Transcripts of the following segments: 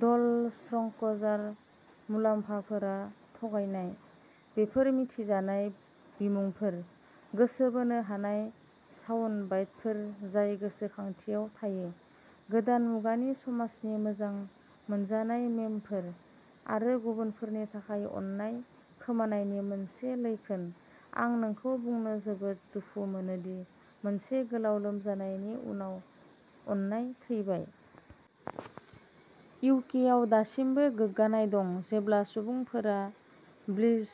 ड'ल स्क्रंजार। मुलाम्फाफोरा थगायनाय। बेफोरो मिथिजानाय बिमुंफोर, गोसो बोनो हानाय साउन्डबाइटफोर जाय गोसोखांथियाव थायो। गोदान मुगानि समाजनि मोजां मोनजानाय मीमफोर, आरो गुबुनफोरनि थाखाय अननाय खोमानायनि मोनसे लैखोन। आं नोंखौ बुंनो जोबोद दुखु मोनो दि मोनसे गोलाव लोमजानायनि उनाव अननाय थैबाय। इउ. के. आव दासिमबो गोग्गानाय दं जेब्ला सुबुंफोरा ब्लिट्ज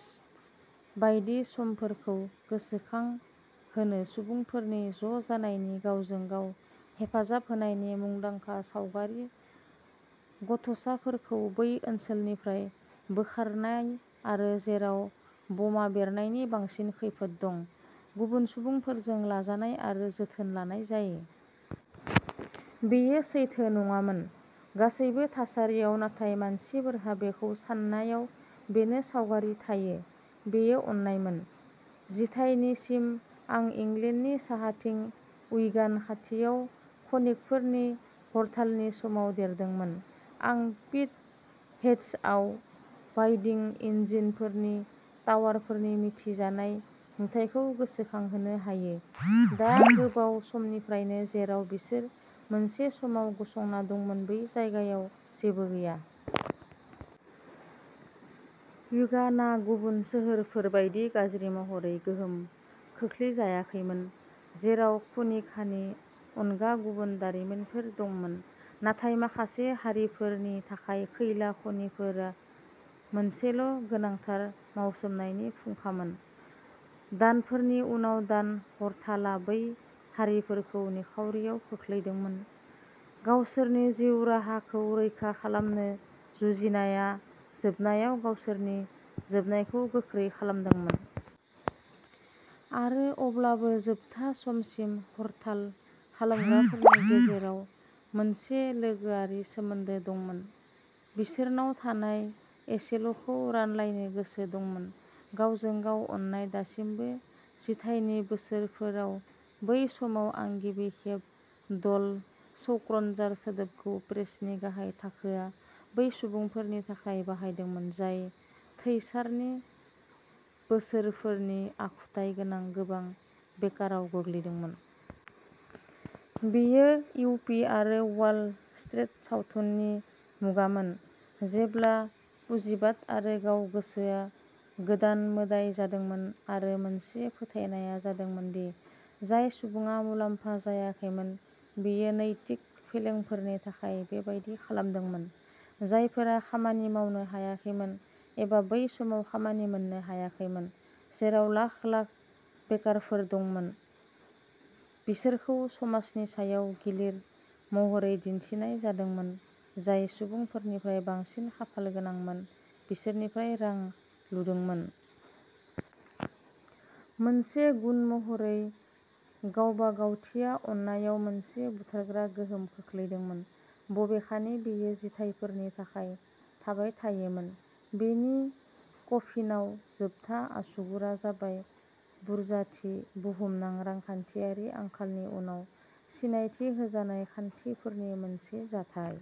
बायदि समफोरखौ गोसोखांो। सुबुंफोरनि ज'जानायनि, गावजों गाव हेफाजाब होनायनि मुंदांखा सावगारि। गथ'साफोरखौ बै ओनसोलफोरनिफ्राय बोखारनाय जायो जेराव बमा बेरनायनि बांसिन खैफोद दं, गुबुन सुबुंफोरजों लाजानाय आरो जोथोन लानाय जायो। बेयो सैथो नङामोन। गासैबो थासारियाव, नाथाय मानसिफोरहा बेखौ सान्नायाव बेनो सावगारि थायो। बेयो अननायमोन। जिथाइनिसिमः आं इंलेन्डनि साहाथिं उइगान खाथियाव खनिकफोरनि हरतालनि समाव देरदोंमोन। आं पिट हेड्सआव वाइन्डिं इन्जिनफोरनि टावारफोरनि मिथिजानाय नुथायखौ गोसोखांनो हायो, दा गोबाव समनिफ्रायनो जेराव बिसोर मोनसे समाव गसंना दंमोन बै जायगायाव जेबो गैया। विगाना गुबुन सोहोरफोर बायदि गाज्रि महरै गोहोम खोख्लैजायाखैमोन, जेराव खनिकानि अनगा गुबुन दारिमिनफोर दंमोन। नाथाय माखासे हारिफोरनि थाखाय खैला खनिफोरा मोनसेल'गोनांथार मावसोमनायनि फुंखामोन। दानफोरनि उनाव दान हरतालआ बै हारिफोरखौ निखावरिआव खोख्लैदोंमोनः गावसोरनि जिउ राहाखौ रैखा खालामनो जुजिनायआ जोबनायाव गावसोरनि जोबनायखौ गोख्रै खालामदोंमोन। आरो अब्लाबो जोबथा समसिम हरताल खालामग्राफोरनि गेजेराव मोनसे लोगोआरि सोमोन्दो दंमोन, बिसोरनाव थानाय एसेल'खौ रानलायनो गोसो दंमोन, गावजों गाव अननाय। दासिमबो जिथाइनि बोसोरफोराव, बै समाव आं गिबि खेब "ड'ल स्क्रौन्जार" सोदोबखौ प्रेसनि गाहाय थाखोआ बै सुबुंफोरनि थाखाय बाहायदोंमोन, जाय थैचारनि बोसोरफोरनि आखुथाय गोनां गोबां बेकाराव गोग्लैदोंमोन। बेयो युप्पी आरो वाल स्ट्रीट सावथुननि मुगामोन, जेब्ला पुजिबाद आरो गाव-गोसोआ गोदान मोदाइ जादोंमोन आरो मोनसे फोथायनाया जादोंमोन दि जाय सुबुङा मुलाम्फा जायाखैमोन, बियो नैतिक फेलेंफोरनि थाखाय बेबादि खालामदोंमोन। जायफोरा खामानि मावनो हायाखैमोन, एबा बै समाव खामानि मोन्नो हायाखैमोन, जेराव लाख लाख बेकारफोर दंमोन, बिसोरखौ समाजनि सायाव गिलिर महरै दिन्थिनाय जादोंमोन, जाय सुबुंफोरनिफ्राय बांसिन खाफालगोनांमोन, बिसोरनिफ्राय रां लुदोंमोन। मोनसे गुन महरै गावबागावथिया अननायाव मोनसे बुथारग्रा गोहोम खोख्लैदोंमोन, बबेखानि बेयो जिथायफोरनि थाखाय थाबाय थायोमोन। बेनि कफिनआव जोबथा आसुगुरआ जाबाय बुरजाथि, बुहुमनां रांखान्थियारि आंखालनि उनाव सिनायथि होजानाय खान्थिफोरनि मोनसे जथाय।